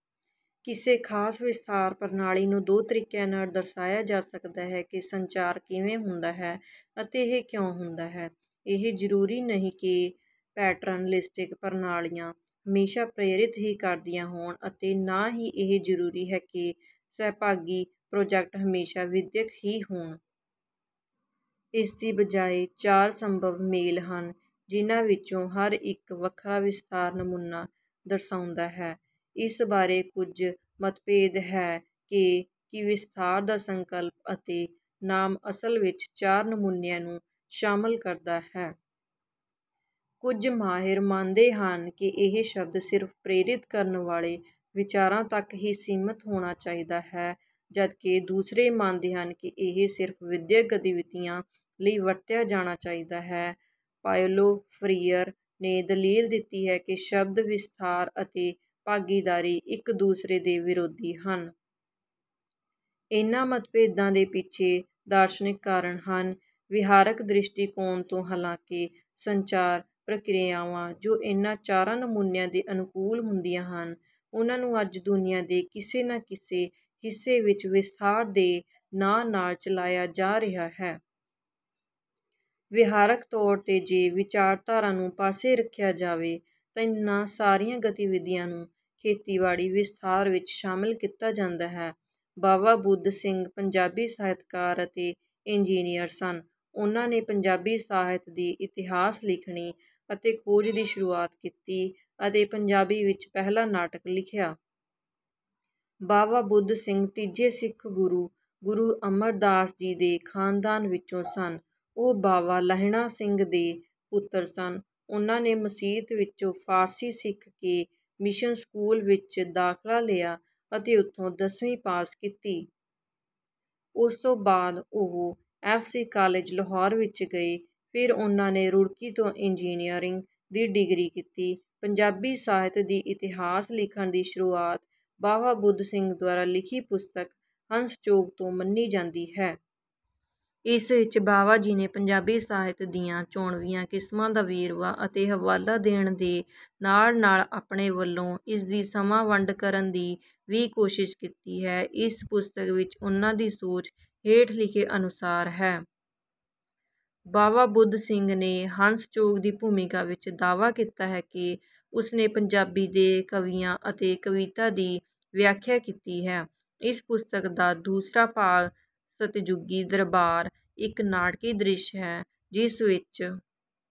ਕਿਸੇ ਖਾਸ ਵਿਸਥਾਰ ਪ੍ਰਣਾਲੀ ਨੂੰ ਦੋ ਤਰੀਕਿਆਂ ਨਾਲ ਦਰਸਾਇਆ ਜਾ ਸਕਦਾ ਹੈ ਕਿ ਸੰਚਾਰ ਕਿਵੇਂ ਹੁੰਦਾ ਹੈ ਅਤੇ ਇਹ ਕਿਉਂ ਹੁੰਦਾ ਹੈ। ਇਹ ਜ਼ਰੂਰੀ ਨਹੀਂ ਕਿ ਪੈਟਰਨਲਿਸਟਿਕ ਪ੍ਰਣਾਲੀਆਂ ਹਮੇਸ਼ਾ ਪ੍ਰੇਰਿਤ ਹੀ ਕਰਦੀਆਂ ਹੋਣ ਅਤੇ ਨਾ ਹੀ ਇਹ ਜ਼ਰੂਰੀ ਹੈ ਕਿ ਸਹਿਭਾਗੀ ਪ੍ਰੋਜੈਕਟ ਹਮੇਸ਼ਾ ਵਿਦਿਅਕ ਹੀ ਹੋਣ। ਇਸ ਦੀ ਬਜਾਏ ਚਾਰ ਸੰਭਵ ਮੇਲ ਹਨ ਜਿਨ੍ਹਾਂ ਵਿੱਚੋਂ ਹਰ ਇੱਕ ਵੱਖਰਾ ਵਿਸਥਾਰ ਨਮੂਨਾ ਦਰਸਾਉਂਦਾ ਹੈ। ਇਸ ਬਾਰੇ ਕੁਝ ਮਤਭੇਦ ਹੈ ਕਿ ਕੀ ਵਿਸਥਾਰ ਦਾ ਸੰਕਲਪ ਅਤੇ ਨਾਮ ਅਸਲ ਵਿੱਚ ਚਾਰਾਂ ਨਮੂਨਿਆਂ ਨੂੰ ਸ਼ਾਮਲ ਕਰਦਾ ਹੈ। ਕੁਝ ਮਾਹਿਰ ਮੰਨਦੇ ਹਨ ਕਿ ਇਹ ਸ਼ਬਦ ਸਿਰਫ ਪ੍ਰੇਰਿਤ ਕਰਨ ਵਾਲੇ ਵਿਚਾਰਾਂ ਤੱਕ ਹੀ ਸੀਮਿਤ ਹੋਣਾ ਚਾਹੀਦਾ ਹੈ ਜਦਕਿ ਦੂਸਰੇ ਮੰਨਦੇ ਹਨ ਕਿ ਇਹ ਸਿਰਫ ਵਿਦਿਅਕ ਗਤੀਵਿਧੀਆਂ ਲਈ ਵਰਤਿਆ ਜਾਣਾ ਚਾਹੀਦਾ ਹੈ। ਪਾਓਲੋ ਫਰੀਅਰ ਨੇ ਦਲੀਲ ਦਿੱਤੀ ਹੈ ਕਿ ਸ਼ਬਦ ਵਿਸਥਾਰ ਅਤੇ ਭਾਗੀਦਾਰੀ ਇੱਕ ਦੂਸਰੇ ਦੇ ਵਿਰੋਧੀ ਹਨ। ਇਨ੍ਹਾਂ ਮਤਭੇਦਾਂ ਦੇ ਪਿੱਛੇ ਦਾਰਸ਼ਨਿਕ ਕਾਰਨ ਹਨ। ਵਿਹਾਰਕ ਦ੍ਰਿਸ਼ਟੀਕੋਣ ਤੋਂ ਹਾਲਾਂਕਿ ਸੰਚਾਰ ਪ੍ਰਕਿਰਿਆਵਾਂ ਜੋ ਇਨ੍ਹਾਂ ਚਾਰਾਂ ਨਮੂਨਿਆਂ ਦੇ ਅਨੁਕੂਲ ਹੁੰਦੀਆਂ ਹਨ ਉਨ੍ਹਾਂ ਨੂੰ ਅੱਜ ਦੁਨੀਆ ਦੇ ਕਿਸੇ ਨਾ ਕਿਸੇ ਹਿੱਸੇ ਵਿੱਚ ਵਿਸਥਾਰ ਦੇ ਨਾਂ ਨਾਲ ਚਲਾਇਆ ਜਾ ਰਿਹਾ ਹੈ। ਵਿਹਾਰਕ ਤੌਰ ਤੇ ਜੇ ਵਿਚਾਰਧਾਰਾ ਨੂੰ ਪਾਸੇ ਰੱਖਿਆ ਜਾਵੇ ਤਾਂ ਇਨ੍ਹਾਂ ਸਾਰੀਆਂ ਗਤੀਵਿਧੀਆਂ ਨੂੰ ਖੇਤੀਬਾੜੀ ਵਿਸਥਾਰ ਵਿੱਚ ਸ਼ਾਮਲ ਕੀਤਾ ਜਾਂਦਾ ਹੈ। ਬਾਵਾ ਬੁੱਧ ਸਿੰਘ ਪੰਜਾਬੀ ਸਾਹਿਤਕਾਰ ਅਤੇ ਇੰਜਨੀਅਰ ਸਨ। ਉਨ੍ਹਾਂ ਨੇ ਪੰਜਾਬੀ ਸਾਹਿਤ ਦੀ ਇਤਿਹਾਸ ਲਿਖਣੀ ਅਤੇ ਖੋਜ ਦੀ ਸ਼ੁਰੂਆਤ ਕੀਤੀ ਅਤੇ ਪੰਜਾਬੀ ਵਿੱਚ ਪਹਿਲਾ ਨਾਟਕ ਲਿਖਿਆ। ਬਾਵਾ ਬੁੱਧ ਸਿੰਘ ਤੀਜੇ ਸਿੱਖ ਗੁਰੂ ਗੁਰੂ ਅਮਰਦਾਸ ਜੀ ਦੇ ਖਾਨਦਾਨ ਵਿੱਚੋਂ ਸਨ। ਉਹ ਬਾਵਾ ਲਹਿਣਾ ਸਿੰਘ ਦੇ ਪੁੱਤਰ ਸਨ। ਉਨ੍ਹਾਂ ਨੇ ਮਸੀਤ ਵਿੱਚੋਂ ਫਾਰਸੀ ਸਿੱਖ ਕੇ ਮਿਸ਼ਨ ਸਕੂਲ ਵਿੱਚ ਦਾਖਲਾ ਲਿਆ ਅਤੇ ਉਥੋਂ ਦਸਵੀਂ ਪਾਸ ਕੀਤੀ। ਉਸ ਤੋਂ ਬਾਅਦ ਉਹ ਐਫ ਸੀ ਕਾਲਜ ਲਾਹੌਰ ਵਿੱਚ ਗਏ। ਫਿਰ ਉਨ੍ਹਾਂ ਨੇ ਰੁੜਕੀ ਤੋਂ ਇੰਜਨੀਅਰਿੰਗ ਦੀ ਡਿਗਰੀ ਕੀਤੀ। ਪੰਜਾਬੀ ਸਾਹਿਤ ਦੀ ਇਤਿਹਾਸ ਲਿਖਣ ਦੀ ਸ਼ੁਰੂਆਤ ਬਾਵਾ ਬੁੱਧ ਸਿੰਘ ਦੁਆਰਾ ਲਿਖੀ ਪੁਸਤਕ ਹੰਸ ਚੋਗ ਤੋਂ ਮੰਨੀ ਜਾਂਦੀ ਹੈ। ਇਸ ਵਿੱਚ ਬਾਵਾ ਜੀ ਨੇ ਪੰਜਾਬੀ ਸਾਹਿਤ ਦੀਆਂ ਚੋਣਵੀਆਂ ਕਿਸਮਾਂ ਦਾ ਵੇਰਵਾ ਅਤੇ ਹਵਾਲਾ ਦੇਣ ਦੇ ਨਾਲ ਨਾਲ ਆਪਣੇ ਵੱਲੋਂ ਇਸ ਦੀ ਸਮਾਂ ਵੰਡ ਕਰਨ ਦੀ ਵੀ ਕੋਸ਼ਿਸ਼ ਕੀਤੀ ਹੈ। ਇਸ ਪੁਸਤਕ ਵਿੱਚ ਉਨ੍ਹਾਂ ਦੀ ਸੋਚ ਹੇਠ ਲਿਖੇ ਅਨੁਸਾਰ ਹੈ। ਬਾਵਾ ਬੁੱਧ ਸਿੰਘ ਨੇ ਹੰਸ ਚੋਗ ਦੀ ਭੂਮਿਕਾ ਵਿੱਚ ਦਾਅਵਾ ਕੀਤਾ ਹੈ ਕਿ ਉਸ ਨੇ ਪੰਜਾਬੀ ਦੇ ਕਵੀਆਂ ਅਤੇ ਕਵਿਤਾ ਦੀ ਵਿਆਖਿਆ ਕੀਤੀ ਹੈ। ਇਸ ਪੁਸਤਕ ਦਾ ਦੂਸਰਾ ਭਾਗ ਸਤਿਜੁਗੀ ਦਰਬਾਰ ਇੱਕ ਨਾਟਕੀ ਦ੍ਰਿਸ਼ ਹੈ ਜਿਸ ਵਿੱਚ